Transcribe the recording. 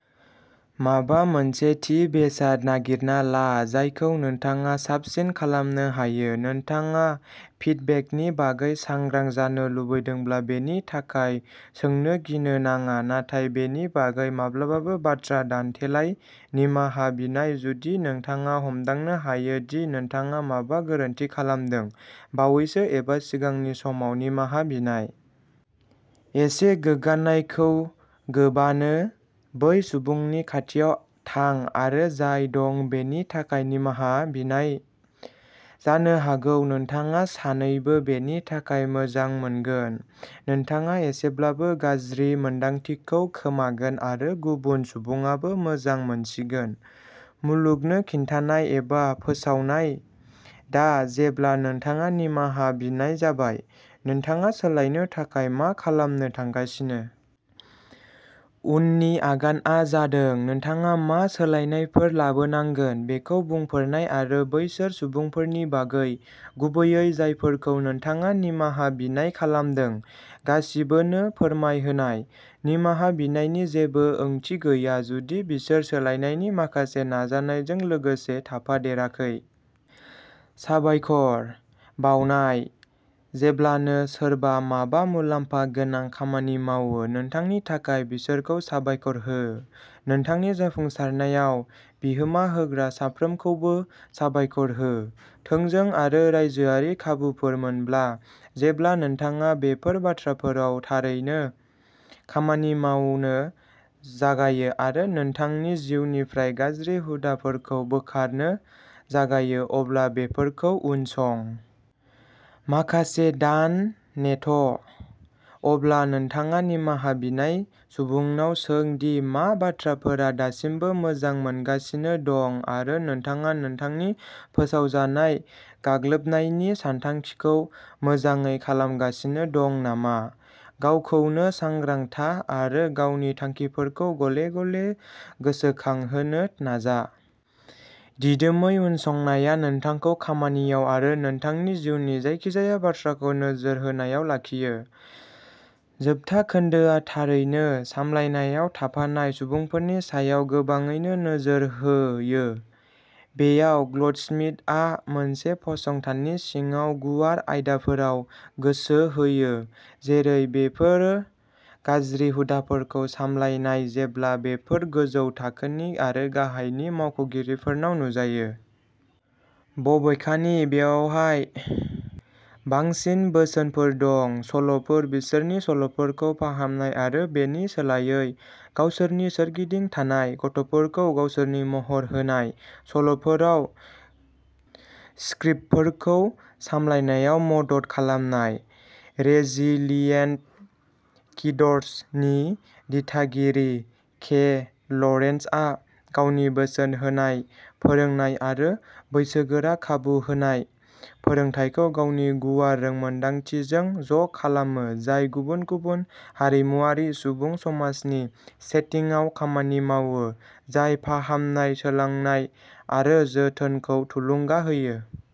माबा मोनसे थि बेसाद नागिरना ला जायखौ नोंथाङा साबसिन खालामनो हायो। नोंथाङा फिडबेकनि बागै सांग्रां जानो लुबैदोंब्ला, बेनि थाखाय सोंनो गिनो नाङा, नाथाय बेनि बागै माब्लाबाबो बाथ्रा दान्थेलाय। निमाहा बिनाय जुदि नोंथाङा हमदांनो हायो दि नोंथाङा माबा गोरोन्थि खालामदों, बावैसो एबा सिगांनि समाव, निमाहा बिनाय। एसे गोग्गानायखौ गोबानो, बै सुबुंनि खाथियाव थां, आरो जाय दं बेनि थाखाय निमाहा बिनाय। जानो हागौ, नोंथाङा सानैबो बेनि थाखाय मोजां मोनगोन-नोंथाङा एसेब्लाबो गाज्रि मोन्दांथिखौ खोमागोन आरो गुबुन सुबुङाबो मोजां मोनसिगोन। मुलुगनो खिन्थानाय, एबा फोसावनाय दा जेब्ला नोंथाङा निमाहा बिनाय जाबाय, नोंथाङा सोलायनो थाखाय मा खालामनो थांगासिनो? उननि आगानआ जादों नोंथाङा मा सोलायनायफोर लाबोनांगोन बेखौ बुंफोरनाय आरो बैसोर सुबुंफोरनि बागै, गुबैयै जायफोरखौ नोंथाङा निमाहा बिनाय खालामदों, गासिबोनो फोरमायहोनाय। निमाहा बिनायनि जेबो ओंथि गैया जुदि बिसोर सोलायनायनि माखासे नाजानायजों लोगोसे थाफादेराखै। साबायखर बावनाय जेब्लानो सोरबा माबा मुलाम्फा गोनां खामानि मावो। नोंथांनि थाखाय, बिसोरखौ साबायखर हो। नोंथांनि जाफुंसारनायाव बिहोमा होग्रा साफ्रोमखौबो साबायखर हो, थोंजों आरो रायजोआरि खाबुफोर मोनब्ला। जेब्ला नोंथाङा बेफोर बाथ्राफोराव थारैनो खामानि मावनो जागायो आरो नोंथांनि जिउनिफ्राय गाज्रि हुदाफोरखौ बोखारनो जागायो, अब्ला बेफोरखौ उनसं। माखासे दान नेथ ', अब्ला नोंथाङा निमाहा बिनाय सुबुंनाव सों दि मा बाथ्राफोरा दासिमबो मोजां मोनगासिनो दं आरो नोंथाङा नोंथांनि "फोसावजानाय" गाग्लोबनायनि सानथांखिखौ मोजाङै खालामगासिनो दं नामा। गावखौनो सांग्रां था, आरो गावनि थांखिफोरखौ गले-गले गोसोखांहोनो नाजा। दिदोमै उनसंनाया नोंथांखौ खामानियाव आरो नोंथांनि जिउनि जायखिजाया बाथ्राखौ नोजोर होनायाव लाखियो। जोबथा खोन्दोआ थारैनो सामलायनायाव थाफानाय सुबुंफोरनि सायाव गोबाङैनो नोजोर होयो। बेयाव, गल्डस्मिथआ मोनसे फसंथाननि सिङाव गुवार आयदाफोराव गोसो होयो, जेरै बेफोर गाज्रि हुदाफोरखौ सामलायनाय जेब्ला बेफोर गोजौ थाखोनि आरो गाहायनि मावख'गिरिफोरनाव नुजायो। बबेखानि, बेवहाय बांसिन बोसोनफोर दं। सल'फोर, बिसोरनि सल'फोरखौ फाहामनाय आरो बेनि सोलायै, गावसोरनि सोरगिदिं थानाय गथ'फोरखौ गावसोरनि महर होनाय सल'फोराव स्क्रिप्टफोरखौ सामलायनायाव मदद खालामनाय। रेजिलिएन्ट किड्स नि दिथागिरि के लरेन्जआ गावनि बोसोन होनाय, फोरोंनाय आरो बैसोगोरा खाबु होनाय फोरोंथायखौ गावनि गुवार रोंमोनदांथिजों ज'खालामो, जाय गुबुन-गुबुन हारिमुआरि सुबुं समाजनि सेटिंसआव खामानि मावो, जाय फाहामनाय, सोलोंनाय आरो जोथोनखौ थुलुंगा होयो।